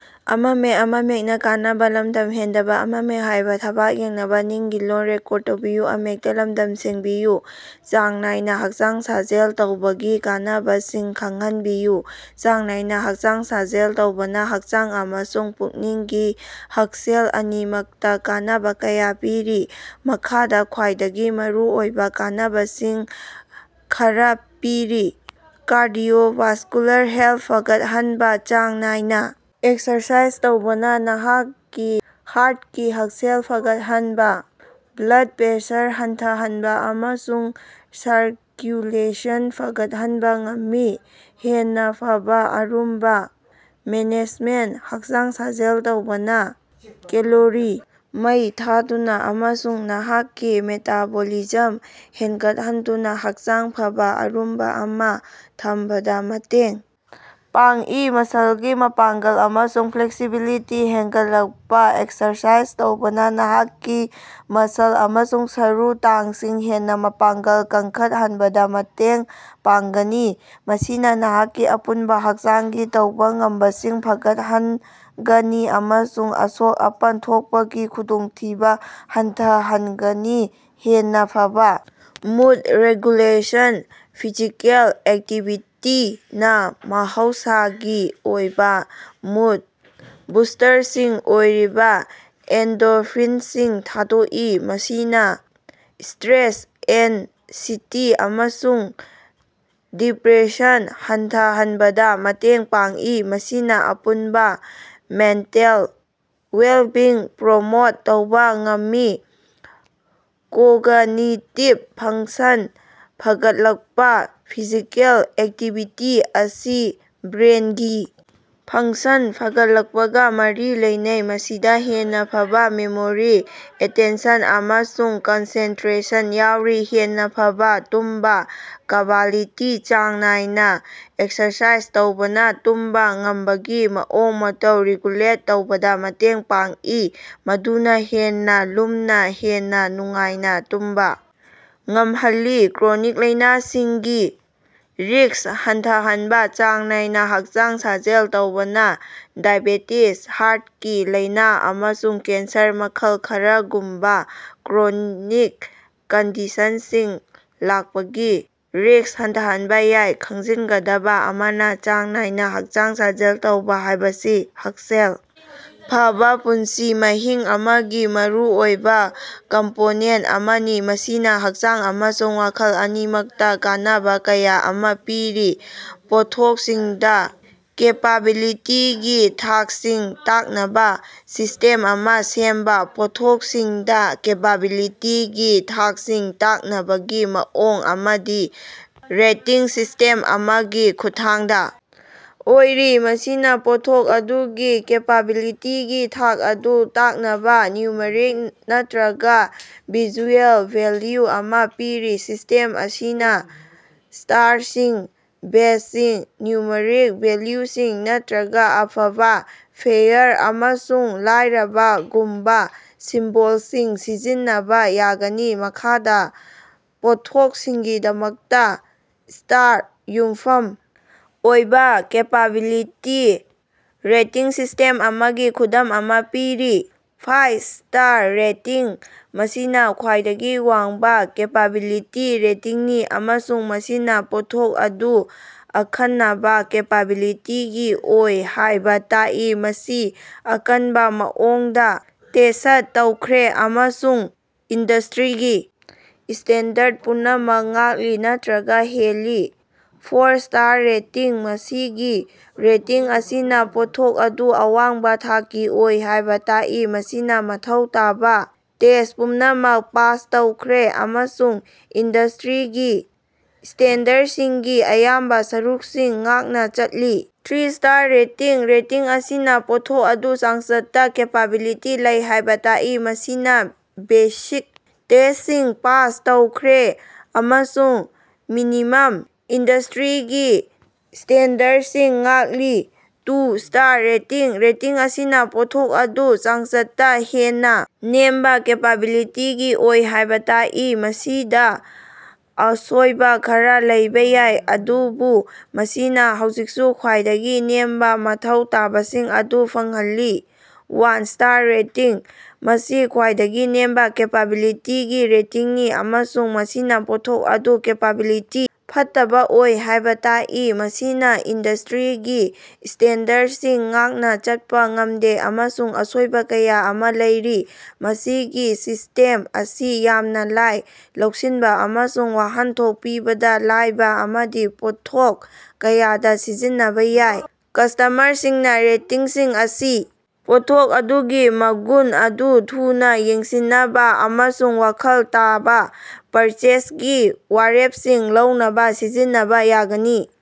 ꯆꯥꯡ ꯅꯥꯏꯅ ꯍꯛꯆꯥꯡ ꯁꯥꯖꯦꯜ ꯇꯧꯕꯒꯤ ꯀꯥꯟꯅꯕꯁꯤꯡ ꯈꯪꯍꯟꯕꯤꯌꯨ꯫ ꯆꯥꯡ ꯅꯥꯏꯅ ꯍꯛꯆꯥꯡ ꯁꯥꯖꯦꯜ ꯇꯧꯕꯅ ꯍꯛꯆꯥꯡ ꯑꯃꯁꯨꯡ ꯄꯨꯛꯅꯤꯡꯒꯤ ꯍꯛꯁꯦꯜ ꯑꯅꯤꯃꯛꯇ ꯀꯥꯟꯅꯕ ꯀꯌꯥ ꯄꯤꯔꯤ꯫ ꯃꯈꯥꯗ ꯈ꯭ꯋꯥꯏꯗꯒꯤ ꯃꯔꯨꯑꯣꯏꯕ ꯀꯥꯟꯅꯕꯁꯤꯡ ꯈꯔꯥ ꯄꯤꯔꯤ - ꯀꯥꯔꯗꯤꯑꯣꯚꯥꯁꯀꯨꯂꯥꯔ ꯍꯦꯜꯊ ꯐꯒꯠꯍꯟꯕ - ꯆꯥꯡ ꯅꯥꯏꯅ ꯑꯦꯛꯁꯔꯁꯥꯏꯖ ꯇꯧꯕꯅ ꯅꯍꯥꯛꯀꯤ ꯍꯥ꯭ꯔꯠꯀꯤ ꯍꯛꯁꯦꯜ ꯐꯒꯠꯍꯟꯕ, ꯕ꯭ꯂꯗ ꯄ꯭ꯔꯦꯁꯔ ꯍꯟꯊꯍꯟꯕ ꯑꯃꯁꯨꯡ ꯁꯔꯀ꯭ꯌꯨꯂꯦꯁꯟ ꯐꯒꯠꯍꯟꯕ ꯉꯝꯃꯤ꯫ ꯍꯦꯟꯅ‌ ꯐꯕꯥ ꯑꯔꯨꯝꯕ ꯃꯦꯅꯦꯖꯃꯦꯟꯇ -ꯍꯛꯆꯥꯡ ꯁꯥꯖꯦꯜ ꯇꯧꯕꯅꯥ ꯀꯦꯂꯣꯔꯤ ꯃꯩ ꯊꯥꯗꯨꯅ ꯑꯃꯁꯨꯡ ꯅꯍꯥꯛꯀꯤ ꯃꯦꯇꯥꯕꯣꯂꯤꯖꯝ ꯍꯦꯟꯒꯠꯍꯟꯗꯨꯅ‌ ꯍꯛꯆꯥꯡ ꯐꯕꯥ ꯑꯔꯨꯝꯕ ꯑꯃꯥ ꯊꯝꯕꯗ ꯃꯇꯦꯡ ꯄꯥꯡꯏ꯫ ꯃꯁꯜꯒꯤ ꯃꯄꯥꯡꯒꯜ ꯑꯃꯁꯨꯡ ꯐ꯭ꯂꯦꯛꯁꯤꯕꯤꯂꯤꯇꯤ ꯍꯦꯟꯒꯠꯂꯛꯄ - ꯑꯦꯛꯁꯔꯁꯥꯏꯖ ꯇꯧꯕꯅ ꯅꯍꯥꯛꯀꯤ ꯃꯁꯜ ꯑꯃꯁꯨꯡ ꯁꯔꯨ ꯇꯥꯡꯁꯤꯡ ꯍꯦꯟꯅ ꯃꯄꯥꯡꯒꯜ ꯀꯟꯈꯠꯍꯟꯕꯗ ꯃꯇꯦꯡ ꯄꯥꯡꯒꯅꯤ, ꯃꯁꯤꯅ ꯅꯍꯥꯛꯀꯤ ꯑꯄꯨꯟꯕ ꯍꯛꯆꯥꯡꯒꯤ ꯇꯧꯕ ꯉꯝꯕꯁꯤꯡ ꯐꯒꯠꯍꯟꯒꯅꯤ ꯑꯃꯁꯨꯡ ꯑꯁꯣꯛ-ꯑꯄꯟ ꯊꯣꯛꯄꯒꯤ ꯈꯨꯗꯣꯡꯊꯤꯕ ꯍꯟꯊꯍꯟꯒꯅꯤ꯫ ꯍꯦꯟꯅ ꯐꯕꯥ ꯃꯨꯗ ꯔꯦꯒꯨꯂꯦꯁꯟ -ꯐꯤꯖꯤꯀꯦꯜ ꯑꯦꯛꯇꯤꯚꯤꯇꯤꯅ ꯃꯍꯧꯁꯥꯒꯤ ꯑꯣꯏꯕ ꯃꯨꯗ-ꯕꯨꯁꯇ꯭ꯔꯁꯤꯡ ꯑꯣꯏꯔꯤꯕ ꯑꯦꯟꯗꯣꯔꯐꯤꯟꯁꯤꯡ ꯊꯥꯗꯣꯛꯏ꯫ ꯃꯁꯤꯅ ꯁ꯭ꯇꯔꯦꯁ, ꯑꯦꯟꯁꯤꯇꯤ ꯑꯃꯁꯨꯡ ꯗꯤꯄ꯭ꯔꯦꯁꯟ ꯍꯟꯊꯍꯟꯕꯗ ꯃꯇꯦꯡ ꯄꯥꯡꯏ, ꯃꯁꯤꯅ ꯑꯄꯨꯟꯕ ꯃꯦꯟꯇꯦꯜ ꯋꯦꯜꯕꯤꯡ ꯄ꯭ꯔꯣꯃꯣꯠ ꯇꯧꯕ ꯉꯝꯃꯤ꯫ ꯀꯣꯒꯅꯤꯇꯤꯕ ꯐꯪꯁꯟ ꯐꯒꯠꯂꯛꯄ - ꯐꯤꯖꯤꯀꯦꯜ ꯑꯦꯛꯇꯤꯚꯤꯇꯤ ꯑꯁꯤ ꯕ꯭ꯔꯦꯟꯒꯤ ꯐꯪꯁꯟ ꯐꯒꯠꯂꯛꯄꯒ ꯃꯔꯤ ꯂꯩꯅꯩ, ꯃꯁꯤꯗ ꯍꯦꯟꯅ ꯐꯕꯥ ꯃꯦꯃꯣꯔꯤ, ꯑꯦꯇꯦꯟꯁꯟ ꯑꯃꯁꯨꯡ ꯀꯟꯁꯦꯟꯇꯔꯦꯁꯟ ꯌꯥꯎꯔꯤ꯫ ꯍꯦꯟꯅ ꯐꯕꯥ ꯇꯨꯝꯕ ꯀ꯭ꯕꯥꯂꯤꯇꯤ -ꯆꯥꯡ ꯅꯥꯏꯅ ꯑꯦꯛꯁꯔꯁꯥꯏꯖ ꯇꯧꯕꯅ ꯇꯨꯝꯕ ꯉꯝꯕꯒꯤ ꯃꯑꯣꯡ-ꯃꯇꯧ ꯔꯤꯒꯨꯂꯦꯠ ꯇꯧꯕꯗ ꯃꯇꯦꯡ ꯄꯥꯡꯏ, ꯃꯗꯨꯅ ꯍꯦꯟꯅ ꯂꯨꯝꯅ, ꯍꯦꯟꯅ ꯅꯨꯡꯉꯥꯏꯅ ꯇꯨꯝꯕ ꯉꯝꯍꯜꯂꯤ꯫ ꯀ꯭ꯔꯣꯅꯤꯛ ꯂꯥꯏꯅꯥꯁꯤꯡꯒꯤ ꯔꯤꯁ꯭ꯛ ꯍꯟꯊꯍꯟꯕ - ꯆꯥꯡ ꯅꯥꯏꯅ ꯍꯛꯆꯥꯡ ꯁꯥꯖꯦꯜ ꯇꯧꯕꯅ ꯗꯥꯏꯕꯦꯇꯤꯁ, ꯍꯥꯔ꯭ꯠꯀꯤ ꯂꯥꯏꯅ, ꯑꯃꯁꯨꯡ ꯀꯦꯟꯁꯔ ꯃꯈꯜ ꯈꯔꯒꯨꯝꯕ ꯀ꯭ꯔꯣꯅꯤꯛ ꯀꯟꯗꯤꯁꯟꯁꯤꯡ ꯂꯥꯛꯄꯒꯤ ꯔꯤꯁ꯭ꯛ ꯍꯟꯊꯍꯟꯕ ꯌꯥꯏ꯫ ꯈꯪꯖꯤꯟꯒꯗꯕ ꯑꯃꯅ, ꯆꯥꯡ ꯅꯥꯏꯅ ꯍꯛꯆꯥꯡ ꯁꯥꯖꯦꯜ ꯇꯧꯕ ꯍꯥꯏꯕꯁꯤ ꯍꯛꯁꯦꯜ ꯐꯕꯥ ꯄꯨꯟꯁꯤ ꯃꯍꯤꯡ ꯑꯃꯒꯤ ꯃꯔꯨꯑꯣꯏꯕ ꯀꯝꯄꯣꯅꯦꯟꯇ ꯑꯃꯅꯤ, ꯃꯁꯤꯅ ꯍꯛꯆꯥꯡ ꯑꯃꯁꯨꯡ ꯋꯥꯈꯜ ꯑꯅꯤꯃꯛꯇ ꯀꯥꯟꯅꯕ ꯀꯌꯥ ꯑꯃ ꯄꯤꯔꯤ꯫ ꯄꯣꯠꯊꯣꯛꯁꯤꯡꯗ ꯀꯦꯄꯥꯕꯤꯂꯤꯇꯤꯒꯤ ꯊꯥꯛꯁꯤꯡ ꯇꯥꯛꯅꯕ ꯁꯤꯁꯇꯦꯝ ꯑꯃ ꯁꯦꯝꯕ꯫ ꯄꯣꯠꯊꯣꯛꯁꯤꯡꯗ ꯀꯦꯄꯥꯕꯤꯂꯤꯇꯤꯒꯤ ꯊꯥꯛꯁꯤꯡ ꯇꯥꯛꯅꯕꯒꯤ ꯃꯑꯣꯡ ꯑꯃꯗꯤ ꯔꯦꯇꯤꯡ ꯁꯤꯁ꯭ꯇꯦꯝ ꯑꯃꯒꯤ ꯈꯨꯠꯊꯥꯡꯗ ꯑꯣꯏꯔꯤ, ꯃꯁꯤꯅ ꯄꯣꯠꯊꯣꯛ ꯑꯗꯨꯒꯤ ꯀꯦꯄꯥꯕꯤꯂꯤꯇꯤꯒꯤ ꯊꯥꯛ ꯑꯗꯨ ꯇꯥꯛꯅꯕ ꯅ꯭ꯌꯨꯃꯔꯤꯛ ꯅꯠꯇꯔꯒ ꯚꯤꯖꯨꯑꯦꯜ ꯚꯦꯂ꯭ꯌꯨ ꯑꯃ ꯄꯤꯔꯤ꯫ ꯁꯤꯁ꯭ꯇꯦꯝ ꯑꯁꯤꯅ ꯁ꯭ꯇꯥꯔꯁꯤꯡ, ꯕꯦꯖꯁꯤꯡ, ꯅ꯭ꯌꯨꯃꯔꯤꯛ ꯚꯦꯂ꯭ꯌꯨꯁꯤꯡ ꯅꯠꯇꯔꯒ ꯑꯐꯕꯥ, ꯐꯦꯌꯥꯔ ꯑꯃꯁꯨꯡ ꯂꯥꯏꯔꯕ ꯒꯨꯝꯕ ꯁꯤꯝꯕꯣꯜꯁꯤꯡ ꯁꯤꯖꯤꯟꯅꯕ ꯌꯥꯒꯅꯤ꯫ ꯃꯈꯥꯗ ꯄꯣꯠꯊꯣꯛꯁꯤꯡꯒꯤꯗꯃꯛꯇ ꯁ꯭ꯇꯥꯔꯗ ꯌꯨꯝꯐꯝ ꯑꯣꯏꯕ ꯀꯦꯄꯥꯕꯤꯂꯤꯇꯤ ꯔꯦꯇꯤꯡ ꯁꯤꯁ꯭ꯇꯦꯝ ꯑꯃꯒꯤ ꯈꯨꯗꯝ ꯑꯃ ꯄꯤꯔꯤ - ꯐꯥꯚꯏ ꯁ꯭ꯇꯥꯔ ꯔꯦꯇꯤꯡ -ꯃꯁꯤꯅ ꯈ꯭ꯋꯥꯏꯗꯒꯤ ꯋꯥꯡꯕ ꯀꯦꯄꯥꯕꯤꯂꯤꯇꯤ ꯔꯦꯇꯤꯡꯅꯤ ꯑꯃꯁꯨꯡ ꯃꯁꯤꯅ ꯄꯣꯠꯊꯣꯛ ꯑꯗꯨ ꯑꯈꯟꯅꯕ ꯀꯦꯄꯥꯕꯤꯂꯤꯇꯤꯒꯤ ꯑꯣꯏ ꯍꯥꯏꯕ ꯇꯥꯛꯏ꯫ ꯃꯁꯤ ꯑꯀꯟꯕ ꯃꯑꯣꯡꯗ ꯇꯦꯁ꯭ꯠ ꯇꯧꯈ꯭ꯔꯦ ꯑꯃꯁꯨꯡ ꯏꯟꯗꯁꯇ꯭ꯔꯤꯒꯤ ꯁ꯭ꯇꯦꯟꯗꯔꯗ ꯄꯨꯝꯅꯃꯛ ꯉꯥꯛꯂꯤ ꯅꯠꯇꯔꯒ ꯍꯦꯜꯂꯤ꯫ ꯐꯣꯔ ꯁ꯭ꯇꯥꯔ ꯔꯦꯇꯤꯡ - ꯃꯁꯤꯒꯤ ꯔꯦꯇꯤꯡ ꯑꯁꯤꯅ ꯄꯣꯠꯊꯣꯛ ꯑꯗꯨ ꯑꯋꯥꯡꯕ ꯊꯥꯛꯀꯤ ꯑꯣꯏ ꯍꯥꯏꯕ ꯇꯥꯛꯏ꯫ ꯃꯁꯤꯅ ꯃꯊꯧ ꯇꯥꯕ ꯇꯦꯁ꯭ꯠ ꯄꯨꯝꯅꯃꯛ ꯄꯥꯁ ꯇꯧꯈ꯭ꯔꯦ ꯑꯃꯁꯨꯡ ꯏꯟꯗꯁꯇ꯭ꯔꯤꯒꯤ ꯁ꯭ꯇꯦꯟꯗꯔꯗꯁꯤꯡꯒꯤ ꯑꯌꯥꯝꯕ ꯁꯔꯨꯛꯁꯤꯡ ꯉꯥꯛꯅ ꯆꯠꯂꯤ꯫ ꯊ꯭ꯔꯤ ꯁ꯭ꯇꯥꯔ ꯔꯦꯇꯤꯡ - ꯔꯦꯇꯤꯡ ꯑꯁꯤꯅ ꯄꯣꯠꯊꯣꯛ ꯑꯗꯨ ꯆꯥꯡꯆꯠꯇ ꯀꯦꯄꯥꯕꯤꯂꯤꯇꯤ ꯂꯩ ꯍꯥꯏꯕ ꯇꯥꯛꯏ꯫ ꯃꯁꯤꯅ ꯕꯦꯁꯤꯛ ꯇꯦꯁ꯭ꯇꯁꯤꯡ ꯄꯥꯁ ꯇꯧꯈ꯭ꯔꯦ ꯑꯃꯁꯨꯡ ꯃꯤꯅꯤꯃꯝ ꯏꯟꯗꯁꯇ꯭ꯔꯤꯒꯤ ꯁ꯭ꯇꯦꯟꯗꯔꯗꯁꯤꯡ ꯉꯥꯛꯂꯤ꯫ ꯇꯨ ꯁ꯭ꯇꯥꯔ ꯔꯦꯇꯤꯡ - ꯔꯦꯇꯤꯡ ꯑꯁꯤꯅ ꯄꯣꯠꯊꯣꯛ ꯑꯗꯨ ꯆꯥꯡꯆꯠꯇ ꯍꯦꯟꯅ ꯅꯦꯝꯕ ꯀꯦꯄꯥꯕꯤꯂꯤꯇꯤꯒꯤ ꯑꯣꯏ ꯍꯥꯏꯕ ꯇꯥꯛꯏ꯫ ꯃꯁꯤꯗ ꯑꯁꯣꯏꯕ ꯈꯔ ꯂꯩꯕ ꯌꯥꯏ, ꯑꯗꯨꯕꯨ ꯃꯁꯤꯅ ꯍꯧꯖꯤꯛꯁꯨ ꯈ꯭ꯋꯥꯏꯗꯒꯤ ꯅꯦꯝꯕ ꯃꯊꯧ ꯇꯥꯕꯁꯤꯡ ꯑꯗꯨ ꯐꯪꯍꯜꯂꯤ꯫ ꯋꯥꯟ ꯁ꯭ꯇꯥꯔ ꯔꯦꯇꯤꯡ - ꯃꯁꯤ ꯈ꯭ꯋꯥꯏꯗꯒꯤ ꯅꯦꯝꯕ ꯀꯦꯄꯥꯕꯤꯂꯤꯇꯤꯒꯤ ꯔꯦꯇꯤꯡꯅꯤ ꯑꯃꯁꯨꯡ ꯃꯁꯤꯅ ꯄꯣꯠꯊꯣꯛ ꯑꯗꯨ ꯀꯦꯄꯥꯕꯤꯂꯤꯇꯤ ꯐꯠꯇꯕ ꯑꯣꯏ ꯍꯥꯏꯕ ꯇꯥꯛꯏ꯫ ꯃꯁꯤꯅ ꯏꯟꯗꯁꯇ꯭ꯔꯤꯒꯤ ꯁ꯭ꯇꯦꯟꯗꯔꯗꯁꯤꯡ ꯉꯥꯛꯅ ꯆꯠꯄ ꯉꯝꯗꯦ ꯑꯃꯁꯨꯡ ꯑꯁꯣꯏꯕ ꯀꯌꯥ ꯑꯃ ꯂꯩꯔꯤ꯫ ꯃꯁꯤꯒꯤ ꯁꯤꯁ꯭ꯇꯦꯝ ꯑꯁꯤ ꯌꯥꯝꯅ ꯂꯥꯏ, ꯂꯧꯁꯤꯟꯕ ꯑꯃꯁꯨꯡ ꯋꯥꯍꯟꯊꯣꯛ ꯄꯤꯕꯗ ꯂꯥꯏꯕ ꯑꯃꯗꯤ ꯄꯣꯠꯊꯣꯛ ꯀꯌꯥꯗ ꯁꯤꯖꯤꯟꯅꯕ ꯌꯥꯏ꯫ ꯀꯁ꯭ꯇꯃꯔꯁꯤꯡꯅ ꯔꯦꯇꯤꯡꯁꯤꯡ ꯑꯁꯤ ꯄꯣꯠꯊꯣꯛ ꯑꯗꯨꯒꯤ ꯃꯒꯨꯟ ꯑꯗꯨ ꯊꯨꯅ ꯌꯦꯡꯁꯤꯟꯅꯕ ꯑꯃꯁꯨꯡ ꯋꯥꯈꯜ ꯇꯥꯕ ꯄꯔꯆꯦꯖꯒꯤ ꯋꯥꯔꯦꯞꯁꯤꯡ ꯂꯧꯅꯕ ꯁꯤꯖꯤꯟꯅꯕ ꯌꯥꯒꯅꯤ꯫